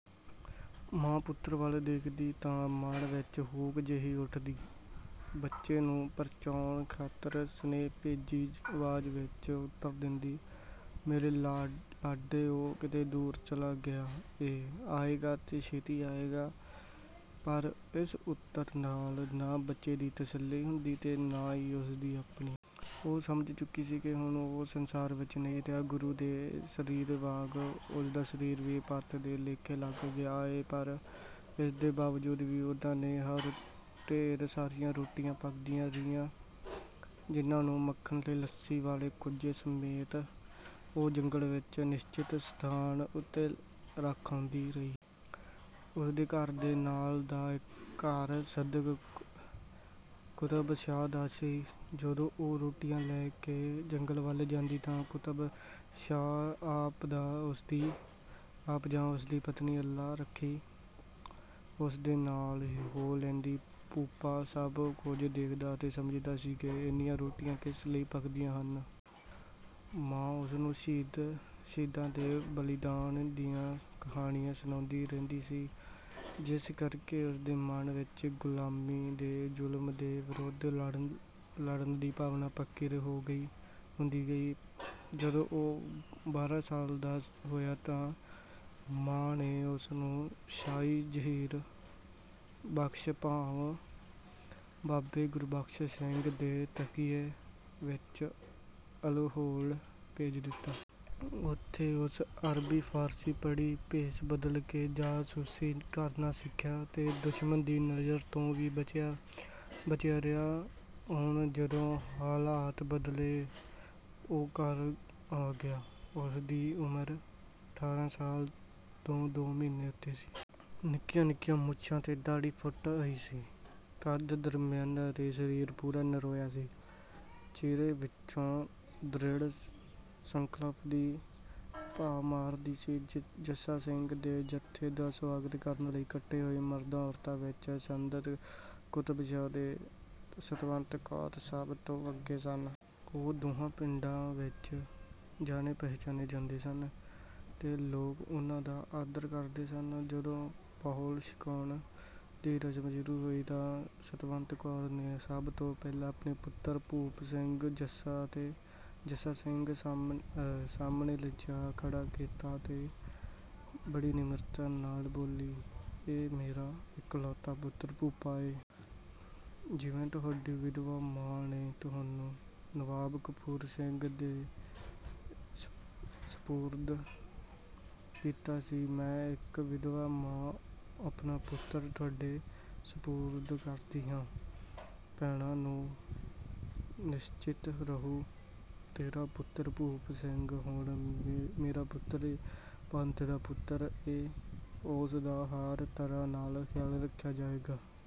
ਮਾਂ ਪੁੱਤਰ ਵੱਲ ਦੇਖਦੀ ਤਾਂ ਮਨ ਵਿੱਚ ਹੂਕ ਜਿਹੀ ਉੱਠਦੀ। ਬੱਚੇ ਨੂੰ ਪਰਚਾਉਣ ਖਾਤਰ ਸਨੇਹ-ਭਿੱਜੀ ਆਵਾਜ਼ ਵਿੱਚ ਉੱਤਰ ਦਿੰਦੀ, "ਮੇਰੇ ਲਾਡੇ, ਉਹ ਕਿਤੇ ਦੂਰ ਚਲਾ ਗਿਆ ਏ। ਆਏਗਾ, ਤੇ ਛੇਤੀ ਹੀ ਆਏਗਾ।" ਪਰ ਇਸ ਉੱਤਰ ਨਾਲ ਨਾ ਬੱਚੇ ਦੀ ਤਸੱਲੀ ਹੁੰਦੀ ਤੇ ਨਾ ਹੀ ਉਸਦੀ ਆਪਣੀ। ਉਹ ਸਮਝ ਚੁੱਕੀ ਸੀ ਕਿ ਹੁਣ ਉਹ ਸੰਸਾਰ ਵਿੱਚ ਨਹੀਂ ਰਿਹਾ। ਗੁਰੂ ਦੇ ਸਰੀਰ ਵਾਂਗ ਉਸਦਾ ਸਰੀਰ ਵੀ ਪੰਥ ਦੇ ਲੇਖੇ ਲੱਗ ਗਿਆ ਏ। ਪਰ ਇਸਦੇ ਬਾਵਜੂਦ ਵੀ ਉਹਨਾਂ ਦੇ ਘਰ ਢੇਰ ਸਾਰੀਆਂ ਰੋਟੀਆਂ ਪੱਕਦੀਆਂ ਰਹੀਆਂ, ਜਿਹਨਾਂ ਨੂੰ ਮੱਖਣ ਤੇ ਲੱਸੀ ਵਾਲੇ ਕੁੱਜੇ ਸਮੇਤ, ਉਹ ਜੰਗਲ ਵਿੱਚ ਨਿਸ਼ਚਤ ਸਥਾਨ ਉੱਤੇ ਰੱਖ ਆਉਂਦੀ ਰਹੀ। ਉਸਦੇ ਘਰ ਦੇ ਨਾਲ ਦਾ ਘਰ ਸੱਯਦ ਕੁਤਬ ਸ਼ਾਹ ਦਾ ਸੀ। ਜਦੋਂ ਉਹ ਰੋਟੀਆਂ ਲੈ ਕੇ ਜੰਗਲ ਵੱਲ ਜਾਂਦੀ ਤਾਂ ਕੁਤਬ ਸ਼ਾਹ ਆਪ ਜਾਂ ਉਸਦੀ ਪਤਨੀ ਅੱਲਾ ਰੱਖੀ ਉਸਦੇ ਨਾਲ ਹੋ ਲੈਂਦੀ। ਭੂਪਾ ਸਭ ਕੁਝ ਦੇਖਦਾ ਤੇ ਸਮਝਦਾ ਸੀ ਕਿ ਇੰਨੀਆਂ ਰੋਟੀਆਂ ਕਿਸ ਲਈ ਪੱਕਦੀਆਂ ਹਨ। ਮਾਂ ਉਸਨੂੰ ਸ਼ਹੀਦਾਂ ਦੇ ਬਲੀਦਾਨ ਦੀਆਂ ਕਹਾਣੀਆਂ ਸੁਣਾਉਂਦੀ ਰਹਿੰਦੀ ਸੀ, ਜਿਸ ਕਰਕੇ ਉਸਦੇ ਮਨ ਵਿੱਚ ਗੁਲਾਮੀ ਤੇ ਜ਼ੁਲਮ ਦੇ ਵਿਰੁੱਧ ਲੜਨ ਦੀ ਭਾਵਨਾ ਪੱਕੀ ਹੁੰਦੀ ਗਈ। ਜਦੋਂ ਉਹ ਬਾਰਾਂ ਸਾਲ ਦਾ ਹੋਇਆ ਤਾਂ ਮਾਂ ਨੇ ਉਸਨੂੰ ਸਾਈਂ ਜ਼ਹੀਰ ਬਖਸ਼ ਭਾਵ ਬਾਬੇ ਗੁਰਬਖਸ਼ ਸਿੰਘ ਦੇ ਤਕੀਏ ਵਿੱਚ ਅਲਹੋਲ ਭੇਜ ਦਿੱਤਾ। ਉੱਥੇ ਉਸ ਅਰਬੀ ਫਾਰਸੀ ਪੜ੍ਹੀ, ਭੇਸ ਬਦਲ ਕੇ ਜਾਸੂਸੀ ਕਰਨਾ ਸਿੱਖਿਆ ਤੇ ਦੁਸ਼ਮਣ ਦੀ ਨਜ਼ਰ ਤੋਂ ਵੀ ਬਚਿਆ ਰਿਹਾ। ਹੁਣ ਜਦੋਂ ਹਾਲਾਤ ਬਦਲੇ, ਉਹ ਘਰ ਆ ਗਿਆ। ਉਸਦੀ ਉਮਰ ਅਠਾਰਾਂ ਸਾਲ ਤੋਂ ਦੋ ਮਹੀਨੇ ਉੱਤੇ ਸੀ। ਨਿੱਕੀਆਂ ਨਿੱਕੀਆਂ ਮੁੱਛਾਂ ਤੇ ਦਾੜ੍ਹੀ ਫੁੱਟ ਆਈ ਸੀ। ਕੱਦ ਦਰਮਿਆਨਾ ਤੇ ਸਰੀਰ ਪੂਰਾ ਨਰੋਆ ਸੀ। ਚਿਹਰੇ ਵਿੱਚੋਂ ਦ੍ਰਿੜ੍ਹ ਸੰਕਲਪ ਦੀ ਭਾਅ ਮਾਰਦੀ ਸੀ। ਜੱਸਾ ਸਿੰਘ ਦੇ ਜੱਥੇ ਦਾ ਸਵਾਗਤ ਕਰਨ ਲਈ ਇਕੱਠੇ ਹੋਏ ਮਰਦ-ਔਰਤਾਂ ਵਿੱਚ ਸੱਯਦ ਕੁਤਬ ਸ਼ਾਹ ਤੇ ਸਤਵੰਤ ਕੌਰ ਸਭ ਤੋਂ ਅੱਗੇ ਸਨ। ਉਹ ਦੋਹਾਂ ਪਿੰਡਾਂ ਵਿੱਚ ਜਾਣੇ-ਪਛਾਣੇ ਜਾਂਦੇ ਸਨ ਤੇ ਲੋਕ ਉਹਨਾਂ ਦਾ ਆਦਰ ਕਰਦੇ ਸਨ। ਜਦੋਂ ਪਾਹੁਲ ਛਕਾਉਣ ਦੀ ਰਸਮ ਸ਼ੁਰੂ ਹੋਈ ਤਾਂ ਸਤਵੰਤ ਕੌਰ ਨੇ ਸਭ ਤੋਂ ਪਹਿਲਾਂ ਆਪਣੇ ਪੁੱਤਰ ਭੂਪ ਸਿੰਘ ਨੂੰ ਜੱਸਾ ਸਿੰਘ ਸਾਹਮਣੇ ਲਿਜਾ ਖੜ੍ਹਾ ਕੀਤਾ ਤੇ ਬੜੀ ਨਿਮਰਤਾ ਨਾਲ ਬੋਲੀ, "ਇਹ ਮੇਰਾ ਇਕਲੌਤਾ ਪੁੱਤਰ ਭੂਪਾ ਏ। ਜਿਵੇਂ ਤੁਹਾਡੀ ਵਿਧਵਾ ਮਾਂ ਨੇ ਤੁਹਾਨੂੰ ਨਵਾਬ ਕਪੂਰ ਸਿੰਘ ਦੇ ਸਪੁਰਦ ਕੀਤਾ ਸੀ, ਮੈਂ ਇੱਕ ਵਿਧਵਾ ਮਾਂ ਆਪਣਾ ਪੁੱਤਰ ਤੁਹਾਡੇ ਸਪੁਰਦ ਕਰਦੀ ਹਾਂ।" "ਭੈਣਾ ਤੂੰ ਨਿਸਚਿੰਤ ਰਹੁ। ਤੇਰਾ ਪੁੱਤਰ ਭੂਪ ਸਿੰਘ ਹੁਣ ਮੇਰਾ ਪੁੱਤਰ ਏ, ਪੰਥ ਦਾ ਪੁੱਤਰ ਏ। ਉਸਦਾ ਹਰ ਤਰ੍ਹਾਂ ਨਾਲ ਖਿਆਲ ਰੱਖਿਆ ਜਾਏਗਾ।"